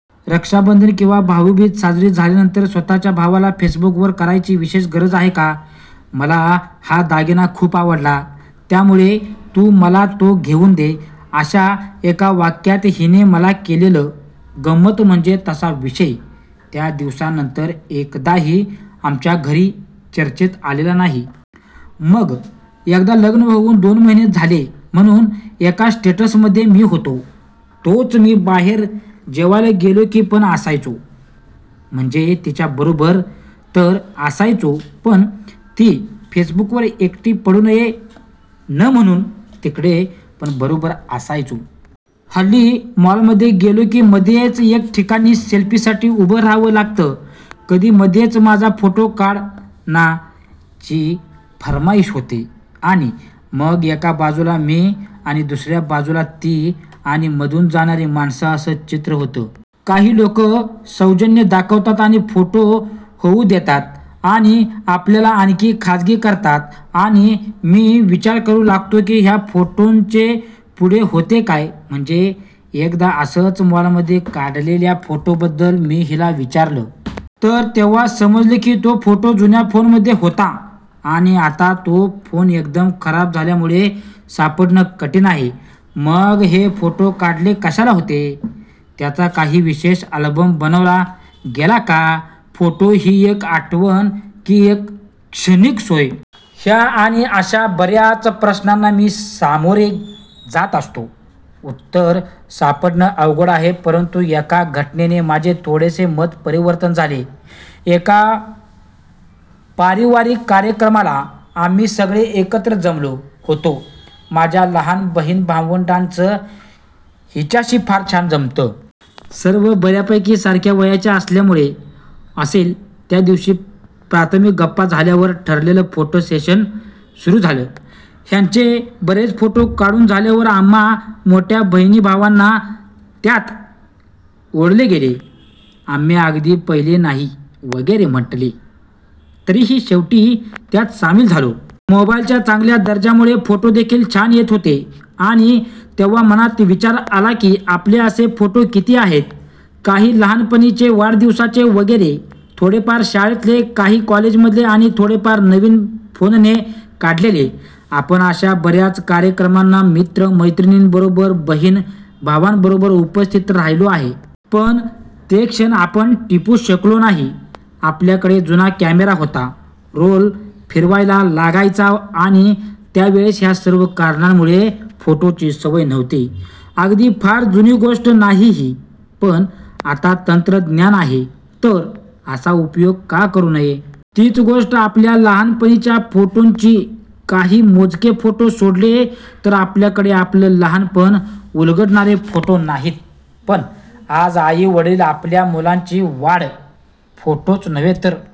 रक्षाबंधन किंवा भाऊबीज साजरी झाल्यावर स्वतःच्या भावाला फेसबुकवर करायची विशेष गरज आहे का? मला हा दागिना खूप आवडला त्यामुळे तू मला तो घेऊन दे, अशा एका वाक्यात हिने मला केलेलं. गंमत म्हणजे तसा विषय त्या दिवसानंतर एकदाही आमच्या घरी चर्चेत आलेला नाही. मग एकदा लग्न होऊन दोन महिने झाले म्हणून एका स्टेटसमध्ये मी होतो. तोच मी बाहेर जेवायला गेलो की पण असायचो. म्हणजे तिच्या बरोबर तर असायचो पण ती फेसबुकवर एकटी पडू नये न म्हणून तिकडे पण बरोबर असायचो. हल्ली मॉलमध्ये गेलो की मध्येच एके ठिकाणी सेल्फीसाठी उभं रहावं लागतं. कधी मध्येच माझा फोटो काढ ना ची फर्माइश होते आणि मग एका बाजूला मी आणि दुसऱ्या बाजूला ती आणि मधून जाणारी माणसं असं चित्र होतं. काही लोकं सौजन्य दाखवतात आणि फोटो होऊ देतात आणि आपल्याला आणखी खजील करतात. आणि मी विचार करू लागतो की ह्या फोटोंचे पुढे होते काय? म्हणजे एकदा असंच मॉलमध्ये काढलेल्या फोटोबद्दल मी हिला विचारलं. तर तेव्हा समजलं की तो फोटो जुन्या फोनमध्ये होता आणि आता तो फोन एकदम खराब झाल्यामुळे सापडणं कठीण आहे. मग हे फोटो काढले कशाला होते? त्याचा काही विशिष्ट अल्बम बनवला गेला का? फोटो ही एक आठवण की एक क्षणिक सोय? ह्या आणि अशा बऱ्याच प्रश्नांना मी सामोरे जात असतो. उत्तर सापडणं अवघड आहे. परंतु एका घटनेने माझे थोडेसे मत-परिवर्तन झाले. एका पारिवारिक कार्यक्रमाला आम्ही सगळे एकत्र जमलो होतो. माझ्या लहान बहिण-भावंडांचं हिच्याशी फार छान जमतं. सर्व बऱ्यापैकी सारख्या वयाचे असल्यामुळे असेल. त्या दिवशी प्राथमिक गप्पा झाल्यावर ठरलेलं फोटो सेशन सुरू झालं. ह्यांचे बरेच फोटो काढून झाल्यावर आम्हा मोठ्या बहिण-भावांना त्यात ओढले गेले. आम्ही अगदी पहिले नाही वगैरे म्हटले तरीही शेवटी त्यात सामील झालो. मोबाईलच्या चांगल्या दर्जामुळे फोटो देखील छान येत होते. आणि तेव्हा मनात विचार आला की आपले असे फोटो किती आहेत? काही लहानपणीचे वाढदिवसाचे वगैरे, थोडेफार शाळेतले काही कॉलेजमधले आणि थोडेफार नवीन फोनने काढलेले. आपण अशा बऱ्याच कार्यक्रमांना मित्र-मैत्रिणींबरोबर, बहिण-भावांबरोबर उपस्थित राहिलो आहे? पण ते क्षण आपण टिपू शकलो नाही. आपल्याकडे जुना कॅमेरा होता, रोल फिरवायला लागायचा आणि त्यावेळेस ह्या सर्व कारणांमुळे फोटोची सवय नव्हती. अगदी फार जुनी गोष्ट नाही ही. पण आता तंत्रज्ञान आहे तर असा उपयोग का करू नये? तीच गोष्ट आपल्या लहानपणीच्या फोटोंची! काही मोजके फोटो सोडले तर आपल्याकडे आपलं लहानपण उलगडणारे फोटो नाहीत. पण आज आई-वडील आपल्या मुलांची वाढ फोटोच नव्हे तर